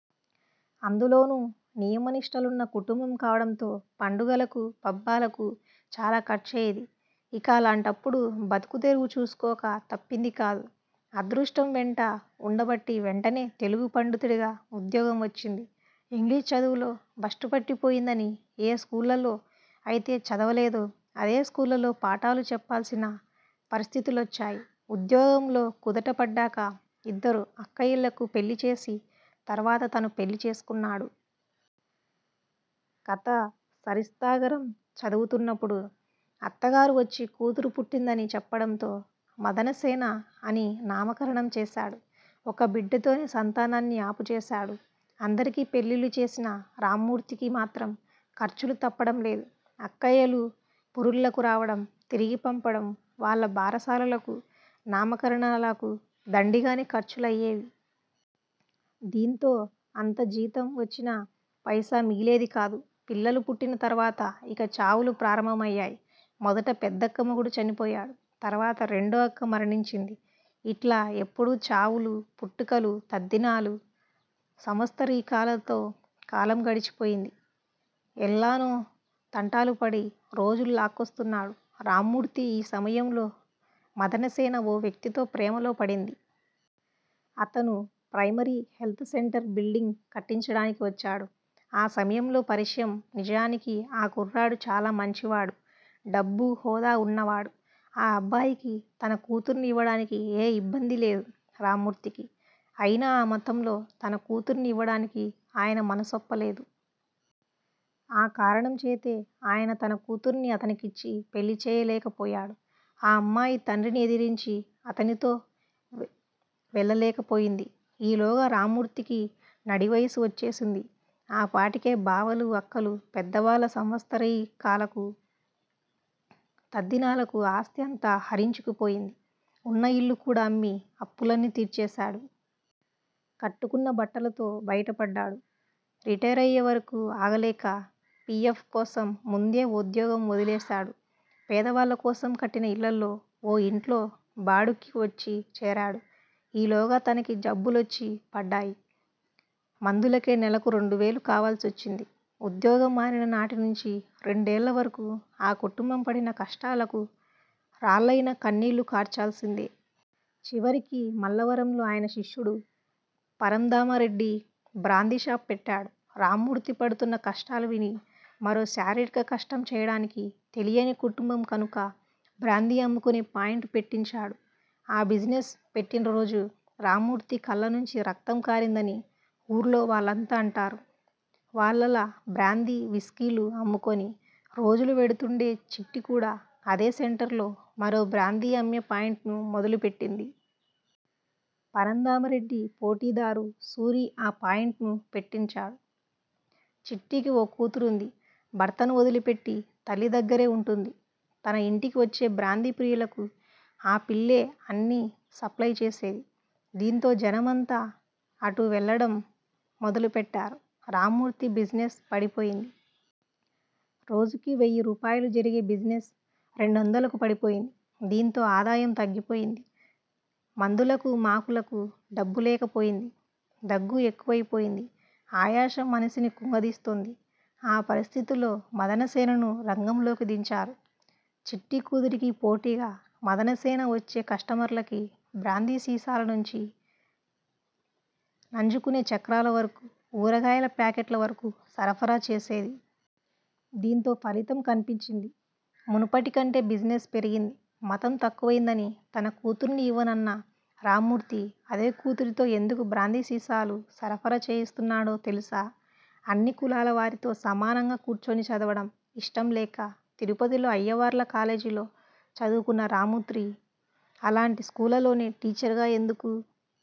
అందులోనూ నియమనిష్టలున్న కుటుంబం కావడంతో పండుగలకూ, పబ్బాలకూ చాలాఖర్చయ్యేది. ఇక అలాంటప్పుడు బతుకుతెరువు చూసుకోక తప్పిందికాదు. అదృష్టం వెంట వుండబట్టి వెంటనే తెలుగు పండితుడిగా ఉద్యోగం వచ్చింది. ఇంగ్లీషు చదువులో భ్రష్టుపట్టిపోయిందని ఏ స్కూళ్ళలో అయితే చదవలేదో ఆదే స్కూళ్ళలో పాఠాలు చెప్పాల్సిన పరిస్ధుతులొచ్చాయి. ఉద్యోగంలో కుదుటపడ్డాక ఇద్దరు అక్కయ్యలకు పెళ్ళిచేసి తరువాత తను పెళ్ళి చేసుకున్నాడు. కథాసరిత్సాగరం చదువుతున్నప్పుడు అత్తగారు వచ్చి కూతురు పుట్టిందని చెప్పడంతో మదనసేన అని నామకరణం చేశాడు. ఒక బిడ్డతోనే సంతానాన్ని అపుచేశాడు. అందరికి పెళ్ళిళ్ళు చేసినా రామ్మూర్తికి మాత్రం ఖర్చులు తప్పడం లేదు. అక్కయ్యలు పురుళ్ళకు రావడం, తిరిగి పంపడం, వాళ్ళ బారసాలలకు, నామకరణాలకు దండిగానే ఖర్చులు అయ్యేవి. దీంతో అంత జీతం వచ్చినా పైసా మిగిలేదికాదు. పిల్లలు పుట్టిన తర్వాత ఇక చావులు ప్రారంభమయ్యాయి. మొదట పెద్దక్క మొగుడు చనిపోయాడు. తరువాత రెండో అక్క మరణించింది. ఇట్లా ఎప్పుడూ చావులు, పుట్టుకలు, తద్దినాలు, సంవత్సరీకాలతో కాలం గడిచిపోయింది. ఎల్లానో తంటాలుపడి రోజులు లాక్కొస్తున్నాడు. రామ్మూర్తి ఈ సమయంలో మదనసేన ఓ వ్యక్తితో ప్రేమలో పడింది. అతను ప్రైమరి హెల్త్ సెంటర్ బిల్డింగ్ కట్టించడానికి వచ్చాడు. ఆ సమయంలో పరిచయం నిజానికి ఆ కుర్రాడు చాలా మంచివాడు. డబ్బూ, హోదా వున్నావాడు. ఆ అబ్బాయికి తన కూతుర్ని ఇవ్వడానికి ఏ ఇబ్బంది లేదు. రామ్మూర్తికి. అయినా ఆ మతంలో తన కూతుర్ని ఇవ్వడానికి ఆయన మనసొప్పలేదు. ఆ కారణంచేతే ఆయన తన కూతుర్ని అతనికిచ్చి పెళ్ళిచేయలేకపోయాడు. ఆ అమ్మాయి తండ్రిని ఎదిరించి అతనితో వెళ్ళలేకపోయింది. ఈలోగా రామ్మూర్తికి నడివయసు వచ్చేసింది. ఆ పాటికే బావలు, అక్కలు, పెద్దవాళ్ళ సంవత్సరీకాలకు, తద్దినాలకు ఆస్తి అంతా హరించుకుపోయింది. ఉన్న ఇల్లు కూడా అమ్మి అప్పులన్నీ తీర్చేశాడు. కట్టుకున్న బట్టలతో బయటపడ్డాడు. రిటైరయ్యేవరకు అగలేక పి. ఎఫ్. కోసం ముందే ఉద్యోగం వదిలేశాడు. పేదవాళ్ళకోసం కట్టిన ఇళ్ళలో ఓ ఇంట్లో బాడుక్కి వచ్చిచేరాడు. ఈలోగా తనకి జబ్బులొచ్చి పడ్డాయి. మందులకే నెలకు రెండువేలు కావాల్సొచ్చింది. ఉద్యోగం మానిననాటినుంచి రెండేళ్ళవరకు ఆ కుటుంబం పడిన కష్టాలకు రాళ్ళయినా కన్నీళ్ళు కార్చాల్సిందే. చివరికి మల్లవరంలో ఆయన శిష్యుడు పంరంధామరెడ్డి బ్రాంది షాపు పెట్టాడు. రామ్మూర్తి పడుతున్న కష్టాలు విని మరో శారీరక కష్టం చేయడానికి తెలియని కుటుంబం కనుక బ్రాంది అమ్ముకునే పాయింట్ పెట్టించాడు. ఆ బిజినెస్ పెట్టినరోజు రామ్మూర్తి కళ్ళనుంచి రక్తం కారిందని వూర్లోవాళ్ళంతా అంటారు. వాళ్ళలా బ్రాందీ, విస్కీలు, అమ్ముకుని రోజులు వెడుతుండే చిట్టి కూడా అదే సెంటర్ లో మరో బ్రాందీ అమ్మే పాయింట్ ను మొదలుపెట్టింది. పరంధామారెడ్డి పోటిదారు సూరీ ఆ పాయింట్ ను పెట్టించాడు. చిట్టికి ఓ కూతురుంది. భర్తను వదిలిపెట్టి తల్లి దగ్గరే వుంటుంది. తన ఇంటికి వచ్చే బ్రాంది ప్రియులకు ఆ పిల్లే అన్నీ సప్లయ్ చేసేది. దీంతో జనమంతా అటూ వెళ్ళడం మొదలుపెట్టారు. రామ్మూర్తి బిజినెస్ పడిపోయింది. రోజుకి వెయ్యి రూపాయలు జరిగే బిజినెస్ రెండొందలకు పడిపోయింది. దీంతో ఆదాయం తగ్గిపోయింది. మందులకు మాకులకు డబ్బులేకపోయింది. దగ్గు ఎక్కువైపోయింది. ఆయాసం మనిషిని కుంగదీస్తోంది. ఆ పరిస్దితుల్లో మదనసేనను రంగంలోకి దించారు. చిట్టి కూతురికి పోటిగా మదనసేన వచ్చే కస్టమర్లకి బ్రాందీ సీసాలనుంచి నంజుకునే చక్రాల వరకు, ఊరగాయల ప్యాకెట్లవరకు, సరఫరా చేసేది. దీంతో ఫలితం కన్పించింది. ముసుపటికంటే బిజినెస్ పెరిగింది. మతం తక్కువైందని తన కూతుర్ని ఇవ్వనన్న రామ్మూర్తి అదే కూతురితో ఎందుకు బ్రాంది సీసాలు సరఫరా చేయిస్తున్నాడో తెలుసా? అన్ని కులాలవారితో సమానంగా కూర్చుని చదవడం ఇష్టంలేక తిరుపతిలో అయ్యవార్ల కాలేజీలో చదువుకున్న రామ్మూర్తి అలాంటి స్కూళ్లలోనే టీచర్ గా ఎందుకు